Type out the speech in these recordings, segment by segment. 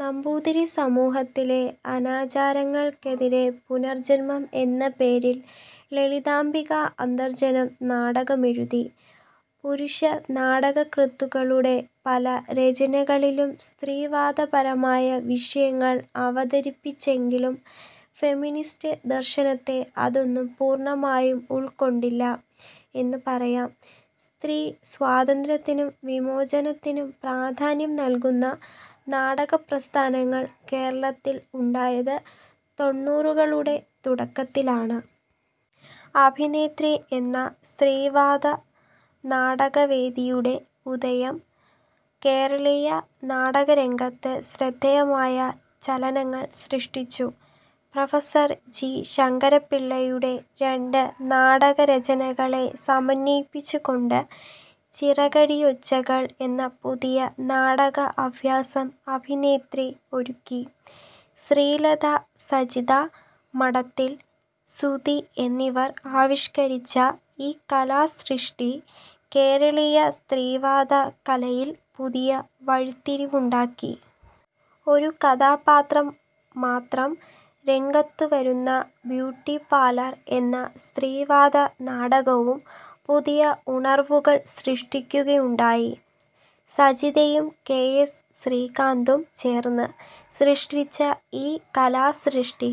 നമ്പൂതിരി സമൂഹത്തിലെ അനാചാരങ്ങൾക്കെതിരെ പുനർജന്മം എന്ന പേരിൽ ലളിതാംബിക അന്തർജനം നാടകമെഴുതി. പുരുഷ നാടകകൃത്തുക്കളുടെ പല രചനകളിലും സ്ത്രീവാദപരമായ വിഷയങ്ങൾ അവതരിപ്പിച്ചെങ്കിലും ഫെമിനിസ്റ്റ് ദർശനത്തെ അതൊന്നും പൂർണമായും ഉൾക്കൊണ്ടില്ല എന്ന് പറയാം. സ്ത്രീ സ്വാതന്ത്ര്യത്തിനും വിമോചനത്തിനും പ്രാധാന്യം നൽകുന്ന നാടകപ്രസ്ഥാനങ്ങൾ കേരളത്തിൽ ഉണ്ടായത് തൊണ്ണൂറുകളുടെ തുടക്കത്തിലാണ്. അഭിനേത്രി എന്ന സ്ത്രീവാദനാടകവേദിയുടെ ഉദയം കേരളീയ നാടകരംഗത്ത് ശ്രദ്ധേയമായ ചലനങ്ങൾ സൃഷ്ടിച്ചു. പ്രൊഫസർ ജി ശങ്കരപ്പിള്ളയുടെ രണ്ട് നാടകരചനകളെ സമന്വയിപ്പിച്ചുകൊണ്ട് ചിറകടിയൊച്ചകൾ എന്ന പുതിയ നാടകഅഭ്യാഷ്യം അഭിനേത്രി ഒരുക്കി. ശ്രീലത, സജിത മഠത്തിൽ, സുധി എന്നിവർ ആവിഷ്കരിച്ച ഈ കലാസൃഷ്ടി കേരളീയ സ്ത്രീവാദ കലയിൽ പുതിയ വഴിത്തിരിവുണ്ടാക്കി. ഒരു കഥാപാത്രം മാത്രം രംഗത്തുവരുന്ന ബ്യൂട്ടിപാലർ എന്ന സ്ത്രീവാദ നാടകവും പുതിയ ഉണർവുകൾ സൃഷ്ടിക്കുകയുണ്ടായി. സജിതയും കെ എസ് ശ്രീകാന്തും ചേർന്ന് സൃഷ്ടിച്ച ഈ കലാസൃഷ്ടി,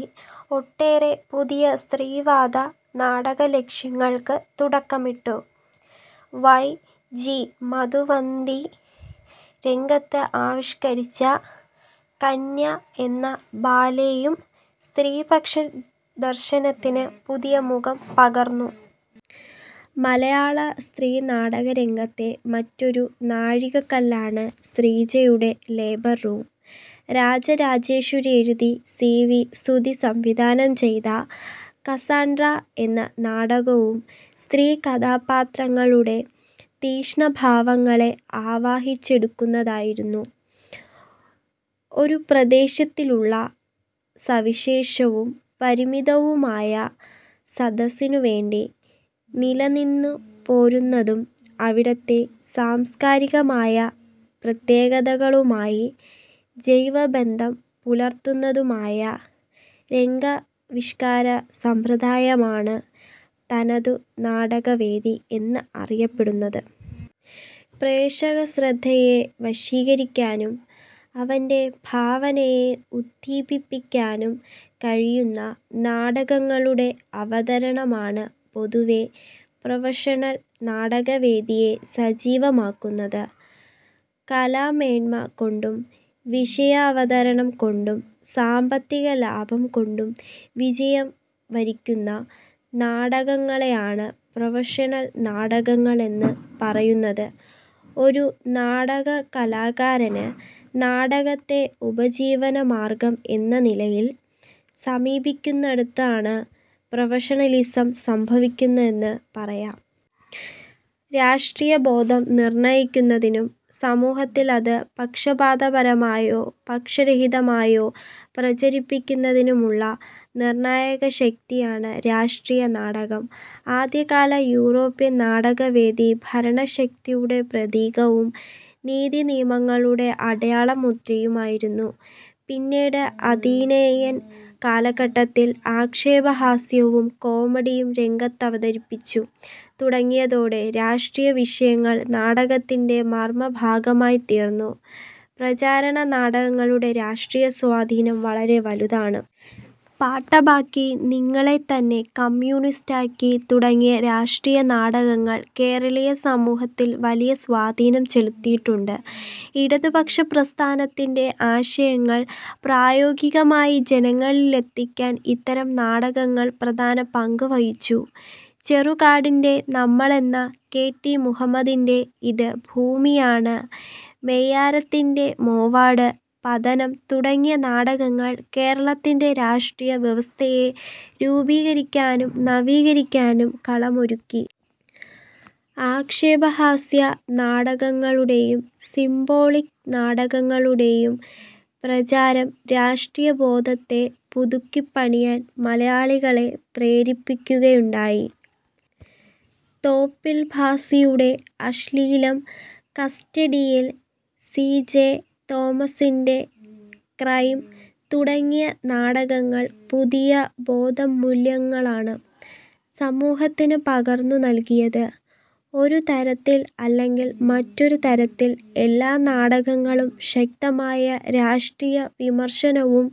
ഒട്ടേറെ പുതിയ സ്ത്രീവാദ നാടകലക്ഷ്യങ്ങൾക്ക് തുടക്കമിട്ടു. വൈ ജി മധുവന്തി രംഗത്ത് ആവിഷ്കരിച്ച കന്യ എന്ന ബാലേയും സ്ത്രീപക്ഷ ദർശനത്തിന് പുതിയ മുഖം പകർന്നു. മലയാള സ്ത്രീനാടകരംഗത്തെ മറ്റൊരു നാഴികക്കല്ലാണ് ശ്രീജയുടെ ലേബർ റൂം. രാജരാജേശ്വരി എഴുതി സി വി സുധി സംവിധാനം ചെയ്ത കസാൻഡ്ര എന്ന നാടകവും സ്ത്രീകഥാപാത്രങ്ങളുടെ തീക്ഷ്ണഭാവങ്ങളെ ആവാഹിച്ചെടുക്കുന്നതായിരുന്നു. ഒരു പ്രദേശത്തിലുള്ള സവിശേഷവും പരിമിതവുമായ സദസ്സിനു വേണ്ടി നിലനിന്നുപോരുന്നതും, അവിടത്തെ സാംസ്കാരികമായ പ്രത്യേകതകളുമായി ജൈവബന്ധം പുലർത്തുന്നതുമായ രംഗാവിഷ്കാര സമ്പ്രദായമാണ് തനതു നാടകവേദി എന്നറിയപ്പെടുന്നത്. പ്രേക്ഷകശ്രദ്ധയെ വശീകരിക്കാനും അവൻ്റെ ഭാവനയെ ഉദ്ദീപിപ്പിക്കാനും കഴിയുന്ന നാടകങ്ങളുടെ അവതരണമാണ് പൊതുവേ പ്രൊഫഷണൽ നാടകവേദിയെ സജീവമാക്കുന്നത്. കലാമേന്മ കൊണ്ടും വിഷയാവതരണം കൊണ്ടും സാമ്പത്തിക ലാഭം കൊണ്ടും വിജയം വരിക്കുന്ന നാടകങ്ങളെയാണ് പ്രൊഫഷണൽ നാടകങ്ങൾ എന്ന് പറയുന്നത്. ഒരു നാടകകലാകാരന് നാടകത്തെ ഉപജീവനമാർഗ്ഗം എന്ന നിലയിൽ സമീപിക്കുന്നിടത്താണ് പ്രൊഫഷണലിസം സംഭവിക്കുന്നതെന്ന് പറയാം. രാഷ്ട്രീയബോധം നിർണയിക്കുന്നതിനും സമൂഹത്തിൽ അത് പക്ഷപാതപരമായോ, പക്ഷരഹിതമായോ പ്രചരിപ്പിക്കുന്നതിനുമുള്ള നിർണായകശക്തിയാണ് രാഷ്ട്രീയ നാടകം. ആദ്യകാല യൂറോപ്യൻ നാടകവേദി ഭരണശക്തിയുടെ പ്രതീകവും നീതിനിയമങ്ങളുടെ അടയാളമുദ്രയുമായിരുന്നു. പിന്നീട്, അഥീനിയൻ കാലഘട്ടത്തിൽ ആക്ഷേപഹാസ്യവും കോമഡിയും രംഗത്തവതരിപ്പിച്ചു തുടങ്ങിയതോടെ, രാഷ്ട്രീയ വിഷയങ്ങൾ നാടകത്തിൻ്റെ മർമഭാഗമായിത്തീർന്നു. പ്രചാരണ നാടകങ്ങളുടെ രാഷ്ട്രീയ സ്വാധീനം വളരെ വലുതാണ്. പാട്ടബാക്കി, നിങ്ങളെതന്നെ കമ്യൂണിസ്റ്റാക്കി തുടങ്ങിയ രാഷ്ട്രീയ നാടകങ്ങൾ കേരളീയ സമൂഹത്തിൽ വലിയ സ്വാധീനം ചെലുത്തിയിട്ടുണ്ട്. ഇടതുപക്ഷപ്രസ്ഥാനത്തിൻ്റെ ആശയങ്ങൾ പ്രായോഗികമായി ജനങ്ങളിലെത്തിക്കാൻ ഇത്തരം നാടകങ്ങൾ പ്രധാന പങ്ക് വഹിച്ചു. ചെറുകാടിൻ്റെ നമ്മളൊന്ന്, കെ ടി മുഹമ്മദിൻ്റെ ഇത് ഭൂമിയാണ്, മൊയാരത്തിൻ്റെ മേവാഡ് പതനം തുടങ്ങിയ നാടകങ്ങൾ കേരളത്തിൻ്റെ രാഷ്ട്രീയ വ്യവസ്ഥയെ രൂപീകരിക്കാനും നവീകരിക്കാനും കളമൊരുക്കി. ആക്ഷേപഹാസ്യ നാടകങ്ങളുടെയും സിമ്പോളിക് നാടകങ്ങളുടെയും പ്രചാരം രാഷ്ട്രീയബോധത്തെ പുതുക്കിപ്പണിയാൻ മലയാളികളെ പ്രേരിപ്പിക്കുകയുണ്ടായി. തോപ്പിൽഭാസിയുടെ അശ്ളീലം കസ്റ്റഡിയിൽ, സി ജെ തോമസിൻ്റെ ക്രൈം തുടങ്ങിയ നാടകങ്ങൾ പുതിയ ബോധമൂല്യങ്ങളാണ് സമൂഹത്തിന് പകർന്നു നൽകിയത്. ഒരുതരത്തിൽ അല്ലെങ്കിൽ മറ്റൊരു തരത്തിൽ എല്ലാ നാടകങ്ങളും ശക്തമായ രാഷ്ട്രീയ വിമർശനവും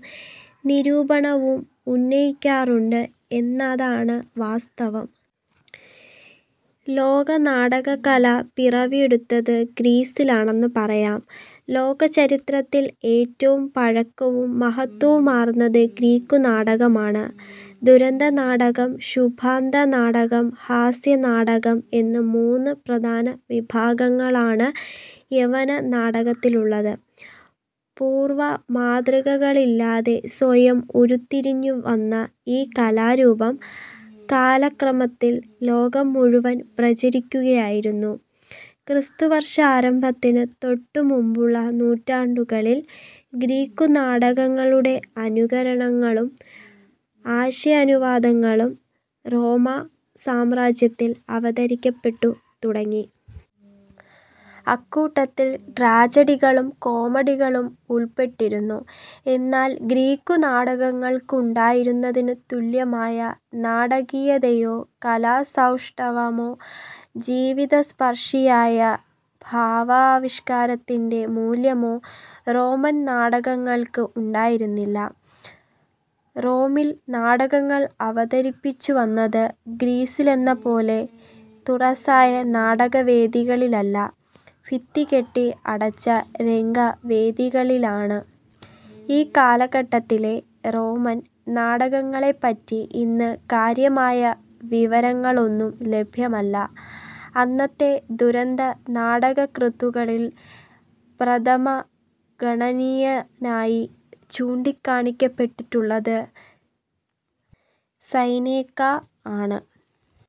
നിരൂപണവും ഉന്നയിക്കാറുണ്ട് എന്നതാണ് വാസ്തവം. ലോകനാടകകല പിറവിയെടുത്തത് ഗ്രീസിലാണെന്ന് പറയാം. ലോകചരിത്രത്തിൽ ഏറ്റവും പഴക്കവും മഹത്ത്വവുമാർന്നത് ഗ്രീക്കുനാടകമാണ്. ദുരന്തനാടകം, ശുഭാന്തനാടകം, ഹാസ്യനാടകം എന്ന് മൂന്നു പ്രധാന വിഭാഗങ്ങളാണ് യവന നാടകത്തിലുള്ളത്. പൂർവ മാതൃകകളില്ലാതെ സ്വയം ഉരുത്തിരിഞ്ഞുവന്ന ഈ കലാരൂപം കാലക്രമത്തിൽ ലോകം മുഴുവൻ പ്രചരിക്കുകയായിരുന്നു. ക്രിസ്തുവർഷാരംഭത്തിന് തൊട്ടുമുമ്പുള്ള നൂറ്റാണ്ടുകളിൽ ഗ്രീക്കുനാടകങ്ങളുടെ അനുകരണങ്ങളും ആശയാനുവാദങ്ങളും റോമാ സാമ്രാജ്യത്തിൽ അവതരിക്കപ്പെട്ടു തുടങ്ങി. അക്കൂട്ടത്തിൽ ട്രാജഡികളും കോമഡികളും ഉൾപ്പെട്ടിരുന്നു. എന്നാൽ ഗ്രീക്കുനാടകങ്ങൾക്ക് ഉണ്ടായിരുന്നതിന് തുല്യമായ നാടകീയതയോ കലാസൗഷ്ഠവമോ ജീവിതസ്പർശിയായ ഭാവാവിഷ്കരണത്തിൻ്റെ മൂല്യമോ റോമൻ നാടകങ്ങൾക്ക് ഉണ്ടായിരുന്നില്ല. റോമിൽ നാടകങ്ങൾ അവതരിപ്പിച്ചുവന്നത് ഗ്രീസിലെന്നപോലെ തുറസ്സായ നാടകവേദികളിലല്ല, ത്തികെട്ടി അടച്ചഫിരംഗവേദികളിലാണ്. ഈ കാലഘട്ടത്തിലെ റോമൻ നാടകങ്ങളെപ്പറ്റി ഇന്ന് കാര്യമായ വിവരങ്ങളൊന്നും ലഭ്യമല്ല. അന്നത്തെ ദുരന്ത നാടകകൃത്തുക്കളിൽ പ്രഥമഗണനീയനായി ചൂണ്ടിക്കാണിക്കപ്പെട്ടിട്ടുള്ളത് സൈനേക്കാ ആണ്